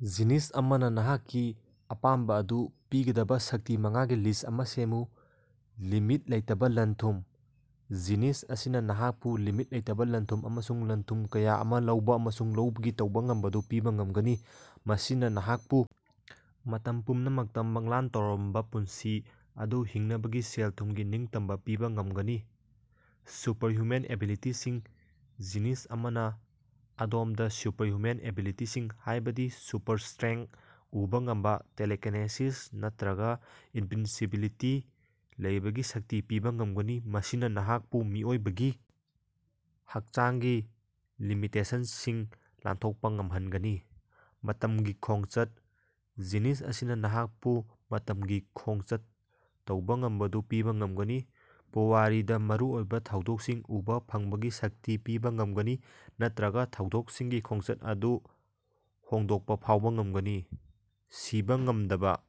Genius ꯑꯃꯅ ꯅꯍꯥꯛꯀꯤ ꯑꯄꯥꯝꯕ ꯑꯗꯨ ꯄꯤꯒꯗꯕ ꯁꯛꯇꯤ ꯃꯉꯥꯒꯤ ꯂꯤꯁ꯭ꯠ ꯑꯃ ꯁꯦꯝꯃꯨ꯫ ꯂꯤꯃꯤꯠ ꯂꯩꯇꯕ ꯂꯟ-ꯊꯨꯝ: ꯖꯤꯅꯤꯁ ꯑꯁꯤꯅ ꯅꯍꯥꯛꯄꯨ ꯂꯤꯃꯤꯠ ꯂꯩꯇꯕ ꯂꯟ-ꯊꯨꯝ ꯑꯃꯁꯨꯡ ꯂꯟ-ꯊꯨꯝ ꯀꯌꯥ ꯑꯃ ꯂꯧꯕ ꯑꯃꯁꯨꯡ ꯂꯩꯕꯒꯤ ꯇꯧꯕ ꯉꯝꯕꯗꯨ ꯄꯤꯕ ꯉꯝꯒꯅꯤ꯫ ꯃꯁꯤꯅ ꯅꯍꯥꯛꯄꯨ ꯃꯇꯝ ꯄꯨꯝꯅꯃꯛꯇ ꯃꯪꯂꯥꯟ ꯇꯧꯔꯝꯕ ꯄꯨꯟꯁꯤ ꯑꯗꯨ ꯍꯤꯡꯅꯕꯒꯤ ꯁꯦꯜ-ꯊꯨꯝꯒꯤ ꯅꯤꯡꯇꯝꯕ ꯄꯤꯕ ꯉꯝꯒꯅꯤ꯫ ꯁꯨꯄꯔꯍꯌ꯭ꯨꯃꯦꯟ ꯑꯦꯕꯤꯂꯤꯇꯤꯁꯤꯡ ꯖꯤꯅꯤꯁ ꯑꯃꯥꯅ ꯑꯗꯣꯝꯗ ꯁꯨꯄꯔꯍ꯭ꯌꯨꯃꯦꯟ ꯑꯦꯕꯤꯂꯤꯇꯤꯁꯤꯡ ꯍꯥꯏꯕꯗꯤ ꯁꯨꯄꯔ ꯁ꯭ꯇꯔꯦꯡꯊ, ꯎꯕ ꯉꯝꯕ, ꯇꯦꯂꯤꯀꯤꯅꯦꯁꯤꯁ ꯅꯠꯇ꯭ꯔꯒ ꯏꯅꯚꯤꯟꯁꯤꯕꯤꯂꯤꯇꯤ ꯂꯩꯕꯒꯤ ꯁꯛꯇꯤ ꯄꯤꯕ ꯉꯝꯒꯅꯤ꯫ ꯃꯁꯤꯅ ꯅꯍꯥꯛꯄꯨ ꯃꯤꯑꯣꯏꯕꯒꯤ ꯍꯛꯆꯥꯡꯒꯤ ꯂꯤꯃꯤꯇꯦꯁꯟꯁꯤꯡ ꯂꯥꯟꯊꯣꯛꯄ ꯉꯝꯍꯟꯒꯅꯤ꯫ ꯃꯇꯝꯒꯤ ꯈꯣꯡꯆꯠ: ꯖꯤꯅꯤꯁ ꯑꯁꯤꯅ ꯅꯍꯥꯛꯄꯨ ꯃꯇꯝꯒꯤ ꯈꯣꯡꯆꯠ ꯇꯧꯕ ꯉꯝꯕꯗꯨ ꯄꯤꯕꯥ ꯉꯝꯒꯅꯤ꯫ ꯄꯨꯋꯥꯔꯤꯗ ꯃꯔꯨꯑꯣꯏꯕ ꯊꯧꯗꯣꯛꯁꯤꯡ ꯎꯕ ꯐꯪꯕꯒꯤ ꯁꯛꯇꯤ ꯄꯤꯕ ꯉꯝꯒꯅꯤ ꯅꯠꯇ꯭ꯔꯒ ꯊꯧꯗꯣꯛꯁꯤꯡꯒꯤ ꯈꯣꯡꯆꯠ ꯑꯗꯨ ꯍꯣꯡꯗꯣꯛꯄ ꯐꯥꯎꯕ ꯉꯝꯒꯅꯤ꯫ ꯁꯤꯕ ꯉꯝꯗꯕ: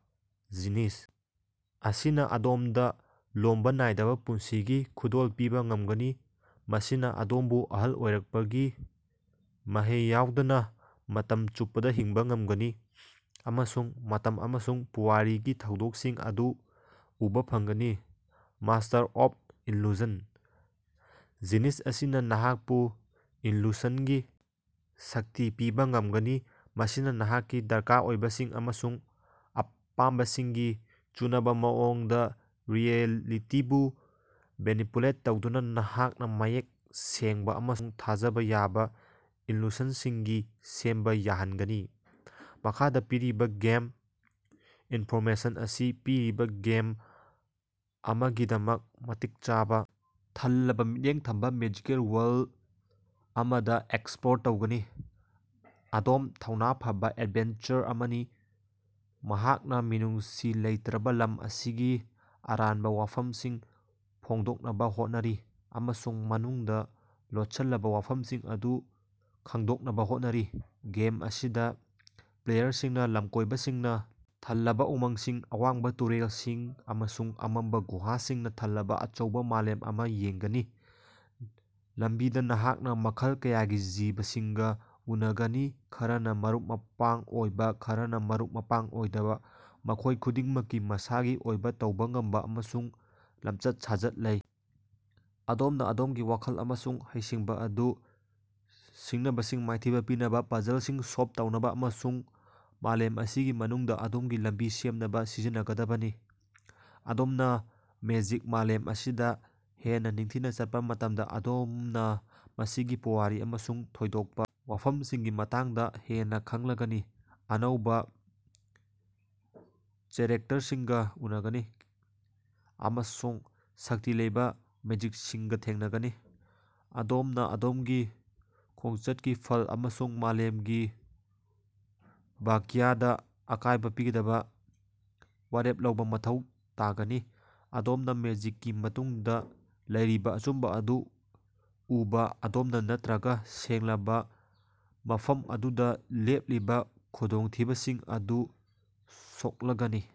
ꯖꯤꯅꯤꯁ ꯑꯁꯤꯅ ꯑꯗꯣꯝꯗ ꯂꯣꯝꯕ ꯅꯥꯏꯗꯕ ꯄꯨꯟꯁꯤꯒꯤ ꯈꯨꯗꯣꯜ ꯄꯤꯕ ꯉꯝꯒꯅꯤ꯫ ꯃꯁꯤꯅ ꯑꯗꯣꯝꯕꯨ ꯑꯍꯜ ꯑꯣꯏꯔꯛꯄꯒꯤ ꯃꯍꯩ ꯌꯥꯎꯗꯅ ꯃꯇꯝ ꯆꯨꯞꯄꯗ ꯍꯤꯡꯕ ꯉꯝꯒꯅꯤ꯫ ꯑꯃꯁꯨꯡ ꯃꯇꯝ ꯑꯃꯁꯨꯡ ꯄꯨꯋꯥꯔꯤꯒꯤ ꯊꯧꯗꯣꯛꯁꯤꯡ ꯑꯗꯨ ꯎꯕ ꯐꯪꯒꯅꯤ꯫ ꯃꯥꯁ꯭ꯇꯔ ꯑꯣꯐ ꯏꯜꯂꯨꯁꯟ: ꯖꯤꯅꯤꯁ ꯑꯁꯤꯅ ꯅꯍꯥꯛꯄꯨ ꯏꯜꯂꯨꯁꯟꯒꯤ ꯁꯛꯇꯤ ꯄꯤꯕ ꯉꯝꯒꯅꯤ꯫ ꯃꯁꯤꯅ ꯅꯍꯥꯛꯀꯤ ꯗꯔꯀꯥꯔ ꯑꯣꯏꯕꯁꯤꯡ ꯑꯃꯁꯨꯡ ꯑꯄꯥꯝꯕꯁꯤꯡꯒꯤ ꯆꯨꯅꯕ ꯃꯑꯣꯡꯗ ꯔꯤꯑꯦꯂꯤꯇꯤꯕꯨ ꯃꯦꯅꯤꯄꯨꯂꯦꯠ ꯇꯧꯗꯨꯅ ꯅꯍꯥꯛꯅ ꯃꯌꯦꯛ ꯁꯦꯡꯕ ꯑꯃꯁꯨꯡ ꯊꯥꯖꯕꯥ ꯌꯥꯕꯥ ꯏꯜꯂꯨꯁꯟꯁꯤꯡ ꯁꯦꯝꯕ ꯌꯥꯍꯟꯒꯅꯤ꯫ ꯃꯈꯥꯗ ꯄꯤꯔꯤꯕ ꯒꯦꯝ ꯏꯟꯐꯣꯔꯃꯦꯁꯟ ꯑꯁꯤ ꯄꯤꯔꯕ ꯒꯦꯝ ꯑꯃꯒꯤꯗꯃꯛ ꯃꯇꯤꯛ ꯆꯥꯕ ꯊꯜꯂꯕ ꯃꯤꯠꯌꯦꯡ ꯊꯝꯕ ꯃꯦꯖꯤꯀꯦꯜ ꯋꯥꯔꯜꯗ ꯑꯃ ꯑꯦꯛꯁꯞ꯭ꯂꯣꯔ ꯇꯧꯒꯅꯤ꯫ ꯑꯗꯣꯝ ꯊꯧꯅꯥ ꯐꯕ ꯑꯦꯗꯚꯦꯟꯆꯔ ꯑꯃꯅꯤ꯫ ꯃꯍꯥꯛꯅ ꯃꯤꯅꯨꯡꯁꯤ ꯂꯩꯇ꯭ꯔꯕ ꯂꯝ ꯑꯁꯤꯒꯤ ꯑꯔꯥꯟꯕ ꯋꯥꯐꯝꯁꯤꯡ ꯐꯣꯡꯗꯣꯛꯅꯕ ꯍꯣꯠꯅꯔꯤ꯫ ꯑꯃꯁꯨꯡ ꯃꯅꯨꯡꯗ ꯂꯣꯠꯁꯜꯂꯕ ꯋꯥꯐꯝꯁꯤꯡ ꯑꯗꯨ ꯈꯪꯗꯣꯛꯅꯕ ꯍꯣꯠꯅꯔꯤ꯫ ꯒꯦꯝ ꯑꯁꯤꯗ ꯄ꯭ꯂꯦꯌꯔꯁꯤꯡꯅ ꯂꯝꯀꯣꯏꯕꯁꯤꯡꯅ ꯊꯜꯂꯕ ꯎꯃꯪꯁꯤꯡ, ꯑꯋꯥꯡꯕꯥ ꯇꯨꯔꯦꯜꯁꯤꯡ ꯑꯃꯁꯨꯡ ꯑꯃꯝꯕ ꯒꯨꯍꯥꯁꯤꯡꯅ ꯊꯜꯂꯕ ꯑꯆꯧꯕ ꯃꯥꯂꯦꯝ ꯑꯃ ꯌꯦꯡꯒꯅꯤ꯫ ꯂꯝꯕꯤꯗ ꯅꯍꯥꯛꯅ ꯃꯈꯜ ꯀꯌꯥꯒꯤ ꯖꯤꯕꯁꯤꯡꯒ ꯎꯅꯒꯅꯤ ꯈꯔꯅ ꯃꯔꯨꯞ-ꯃꯄꯥꯡ ꯑꯣꯏꯕ ꯈꯔꯅ ꯃꯔꯨꯞ-ꯃꯄꯥꯡ ꯑꯣꯏꯗꯕ ꯃꯈꯣꯏ ꯈꯨꯗꯤꯡꯃꯛꯀꯤ ꯃꯁꯥꯒꯤ ꯑꯣꯏꯕ ꯇꯧꯕ ꯉꯝꯕ ꯑꯃꯁꯨꯡ ꯂꯝꯆꯠ-ꯁꯥꯖꯠ ꯂꯩ꯫ ꯑꯗꯣꯝꯅ ꯑꯗꯣꯝꯒꯤ ꯋꯥꯈꯜ ꯑꯃꯁꯨꯡ ꯍꯩꯁꯤꯡꯕꯥ ꯑꯗꯨ ꯁꯤꯡꯅꯕꯁꯤꯡ ꯃꯥꯏꯊꯤꯕ ꯄꯤꯅꯕ ꯄꯥꯖꯜꯁꯤꯡ ꯁꯣꯜꯕ ꯇꯧꯅꯕ ꯑꯃꯁꯨꯡ ꯃꯥꯂꯦꯝ ꯑꯁꯤꯒꯤ ꯃꯅꯨꯡꯗ ꯑꯗꯣꯝꯒꯤ ꯂꯝꯕꯤ ꯁꯦꯝꯅꯕ ꯁꯤꯖꯤꯟꯅꯒꯗꯕꯅꯤ꯫ ꯑꯗꯣꯝꯅ ꯃꯦꯖꯤꯛ ꯃꯥꯂꯦꯝ ꯑꯁꯤꯗ ꯍꯦꯟꯅ ꯅꯤꯡꯊꯤꯅ ꯆꯠꯄ ꯃꯇꯝꯗ ꯑꯗꯣꯝꯅ ꯃꯁꯤꯒꯤ ꯄꯨꯋꯥꯔꯤ ꯑꯃꯁꯨꯡ ꯊꯣꯏꯗꯣꯛꯄ ꯋꯥꯐꯝꯁꯤꯡꯒꯤ ꯃꯇꯥꯡꯗ ꯍꯦꯟꯅ ꯈꯪꯂꯒꯅꯤ꯫ ꯑꯅꯧꯕ ꯆꯦꯛꯔꯦꯇꯔꯁꯤꯡꯒ ꯎꯅꯒꯅꯤ ꯑꯃꯁꯨꯡ ꯁꯛꯇꯤ ꯂꯩꯕ ꯃꯦꯖꯤꯛꯁꯤꯡꯒ ꯊꯦꯡꯅꯒꯅꯤ꯫ ꯑꯗꯣꯝꯅ ꯑꯗꯣꯝꯒꯤ ꯈꯣꯡꯆꯠꯀꯤ ꯐꯜ ꯑꯃꯁꯨꯡ ꯃꯥꯂꯦꯝꯒꯤ ꯚꯥꯒ꯭ꯌꯗ ꯑꯀꯥꯏꯕ ꯄꯤꯒꯗꯕ ꯋꯥꯔꯦꯞ ꯂꯧꯕ ꯃꯊꯧ ꯇꯥꯒꯅꯤ꯫ ꯑꯗꯣꯝꯅ ꯃꯦꯖꯤꯛꯀꯤ ꯃꯇꯨꯡꯗ ꯂꯩꯔꯤꯕ ꯑꯆꯨꯝꯕ ꯑꯗꯨ ꯎꯕ ꯑꯗꯣꯝꯅ ꯅꯠꯇ꯭ꯔꯒ ꯁꯦꯡꯂꯕ ꯃꯐꯝ ꯑꯗꯨꯗ ꯂꯦꯞꯂꯤꯕ ꯈꯨꯗꯣꯡꯊꯤꯕꯁꯤꯡ ꯑꯗꯨꯗ ꯁꯣꯛꯂꯒꯅꯤ꯫